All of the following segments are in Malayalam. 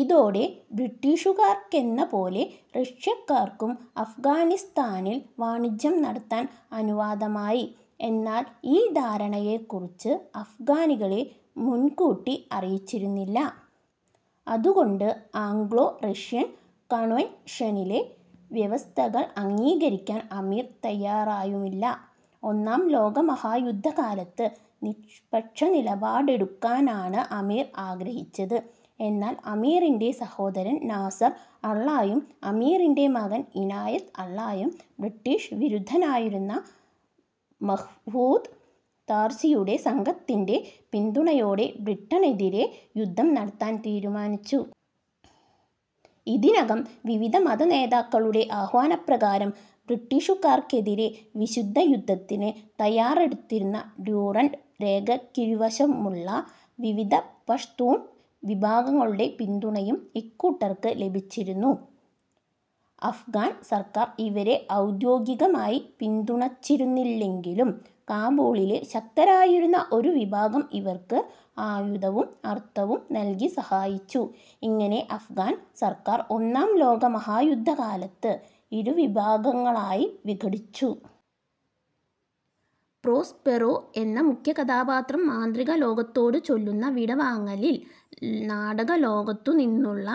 ഇതോടെ ബ്രിട്ടീഷുകാർക്കെന്ന പോലെ റഷ്യക്കാർക്കും അഫ്ഗാനിസ്താനിൽ വാണിജ്യം നടത്താൻ അനുവാദമായി. എന്നാൽ ഈ ധാരണയെക്കുറിച്ച് അഫ്ഗാനികളെ മുങ്കൂട്ടി അറിയിച്ചിരുന്നില്ല. അതുകൊണ്ട് ആംഗ്ലോ റഷ്യൻ കണ്വെൻഷനിലെ വ്യവസ്ഥകൾ അംഗീകരിക്കാൻ അമീർ തയ്യാറായുമില്ല. ഒന്നാം ലോകമഹായുദ്ധകാലത്ത് നിഷ്പക്ഷനിലപാടെടുക്കാനാണ് അമീർ ആഗ്രഹിച്ചത്. എന്നാൽ അമീറിന്റെ സഹോദരൻ നാസർ അള്ളായും, അമീറിന്റെ മകൻ ഇനായത്ത് അള്ളായും, ബ്രിട്ടീഷ് വിരുദ്ധനായിരുന്ന മഹ്മൂദ് താർസിയുടെ സംഘത്തിന്റെ പിന്തുണയോടെ ബ്രിട്ടണെതിരെ യുദ്ധം നടത്താൻ തീരുമാനിച്ചു. ഇതിനകം വിവിധ മതനേതാക്കളുടെ ആഹ്വാനപ്രകാരം ബ്രിട്ടീഷുകാർക്കെതിരെ വിശുദ്ധയുദ്ധത്തിന് തയ്യാറെടുത്തിരുന്ന ഡ്യൂറണ്ട് രേഖക്കിരുവശവുമുള്ള വിവിധ പഷ്തൂൺ വിഭാഗങ്ങളുടെ പിന്തുണയും ഇക്കൂട്ടർക്ക് ലഭിച്ചിരുന്നു. അഫ്ഗാൻ സർക്കാർ ഇവരെ ഔദ്യോഗികമായി പിന്തുണച്ചിരുന്നില്ലെങ്കിലും കാബൂളിലെ ശക്തരായിരുന്ന ഒരു വിഭാഗം ഇവർക്ക് ആയുധവും അർത്ഥവും നൽകി സഹായിച്ചു. ഇങ്ങനെ അഫ്ഗാൻ സർക്കാർ ഒന്നാം ലോകമഹായുദ്ധകാലത്ത് ഇരുവിഭാഗങ്ങളായി വിഘടിച്ചു. പ്രോസ്പെറോ എന്ന മുഖ്യകഥാപാത്രം മാന്ത്രികലോകത്തോടു ചൊല്ലുന്ന വിടവാങ്ങലിൽ നാടകലോകത്തു നിന്നുള്ള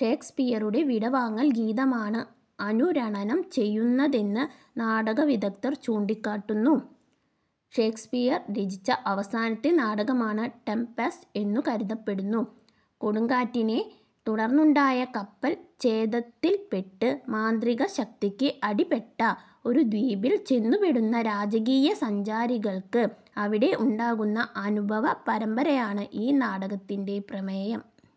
ഷേക്സ്പിയറുടെ വിടവാങ്ങൽ ഗീതമാണ് അനുരണനം ചെയ്യുന്നതെന്ന് നാടകവിദഗ്ദ്ധർ ചൂണ്ടിക്കാട്ടുന്നു. ഷേക്സ്പിയർ രചിച്ച അവസാനത്തെ നാടകമാണ് ടെംപെസ്റ്റ് എന്നു കരുതപ്പെടുന്നു. കൊടുങ്കാറ്റിനെ തുടർന്നുണ്ടായ കപ്പൽച്ചേതത്തിൽപ്പെട്ട് മാന്ത്രികശക്തിക്ക് അടിപ്പെട്ട ഒരു ദ്വീപിൽ ചെന്നുപെടുന്ന രാജകീയ സഞ്ചാരികൾക്ക് അവിടെ ഉണ്ടാകുന്ന അനുഭവപരമ്പരയാണ് ഈ നാടകത്തിന്റെ പ്രമേയം.